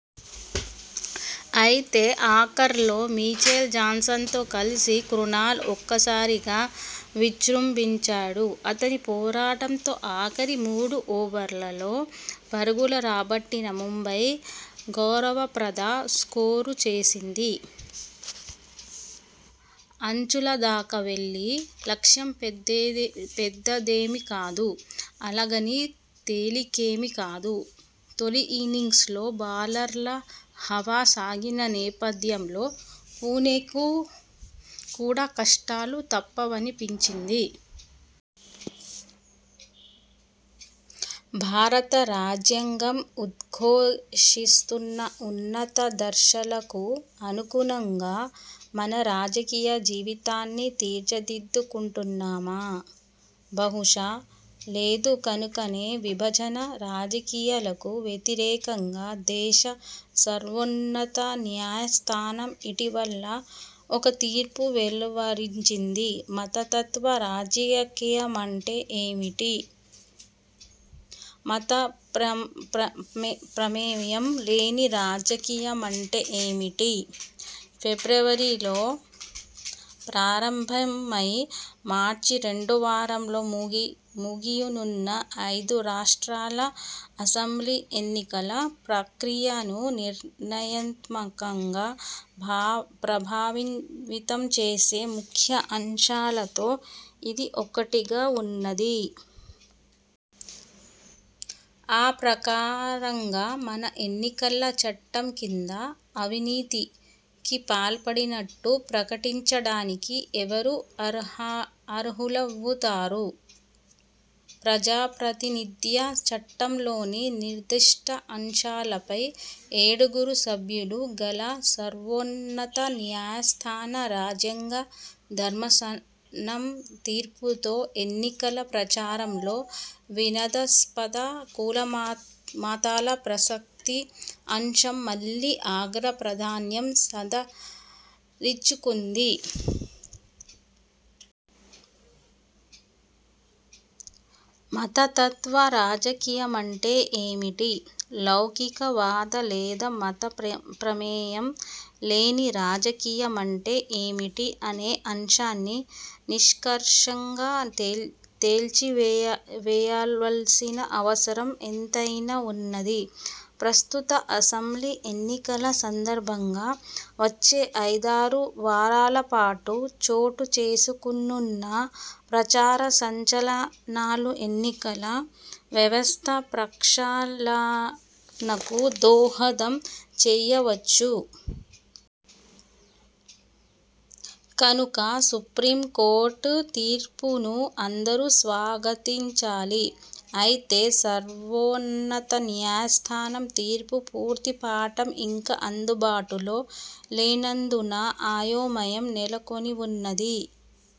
అయితే, ఆఖర్లో Mitchell Johnson తో కలిసి క్రునాల్ ఒక్కసారిగా విజృంభించాడు. అతని పోరాటంతో ఆఖరి మూడు ఓవర్లలో పరుగులు రాబట్టిన ముంబై గౌరవప్రద స్కోరు చేసింది. అంచులదాకా వెళ్లి: లక్ష్యం పెద్దదేమీ కాదు. అలాగని తేలికేమీకాదు. తొలి ఇన్నింగ్స్లో బౌలర్ల హవా సాగిన నేపథ్యంలో పుణెకు కూడా కష్టాలు తప్పవనిపించింది. భారత రాజ్యాంగం ఉద్ఘోషిస్తున్న ఉన్నతాదర్శాలకు అనుగుణంగా మన రాజకీయ జీవితాన్ని తీర్చిదిద్దుకొంటున్నామా? బహుశా, లేదు కనుకనే విభజన రాజకీయాలకు వ్యతిరేకంగా దేశ సర్వోన్నత న్యాయస్థానం ఇటీవల ఒక తీర్పు వెలువరించింది. మత తత్వ రాజకీయమంటే ఏమిటి? మత ప్రమేయం లేని రాజకీయమంటే ఏమిటి? – ఫిబ్రవరి లో ప్రారంభమై, మార్చి రెండోవారంలో ముగియనున్న ఐదు రాష్ట్రాల అసెంబ్లీ ఎన్నికల ప్రక్రియను నిర్ణయాత్మకంగా ప్రభావితంచేసే ముఖ్య అంశాలతో ఇది ఒకటిగా వున్నది. ఆ ప్రకారంగా, మన ఎన్నికల చట్టం కింద 'అవినీతి'కి పాల్పడినట్టు ప్రకటించడానికి ఎవరు అర్హులవుతారు? ప్రజాప్రాతినిధ్య చట్టంలోని నిర్దిష్ట అంశాలపై ఏడుగురు సభ్యులు గల సర్వోన్నత న్యాయస్థాన రాజ్యాంగ ధర్మాసనం తీర్పుతో ఎన్నికల ప్రచారంలో వివాదాస్పద కుల మతాల ప్రసక్తి అంశం మళ్ళీ అగ్ర ప్రాధాన్యం సంతరించుకొంది. మతతత్వ రాజకీయమంటే ఏమిటి? లౌకికవాద లేదా మత ప్రమేయం లేని రాజకీయమంటే ఏమిటి అనే అంశాన్ని నిష్కర్షగా తేల్చివేయవల్సిన అవసరం ఎంతైనావున్నది. ప్రస్తుత అసెంబ్లీ ఎన్నికల సందర్భంగా వచ్చే ఐదారు వారాల పాటు చోటు చేసుకోనున్న ప్రచార సంచలనాలు ఎన్నికల వ్యవస్థ ప్రక్షాళనకు దోహదం చేయవచ్చు. కనుక సుప్రీంకోర్టు తీర్పును అందరూ స్వాగతించాలి. అయితే సర్వోన్నత న్యాయస్థానం తీర్పు పూర్తి పాఠం ఇంకా అందుబాటులో లేనందున అయోమయం నెలకొనివున్నది.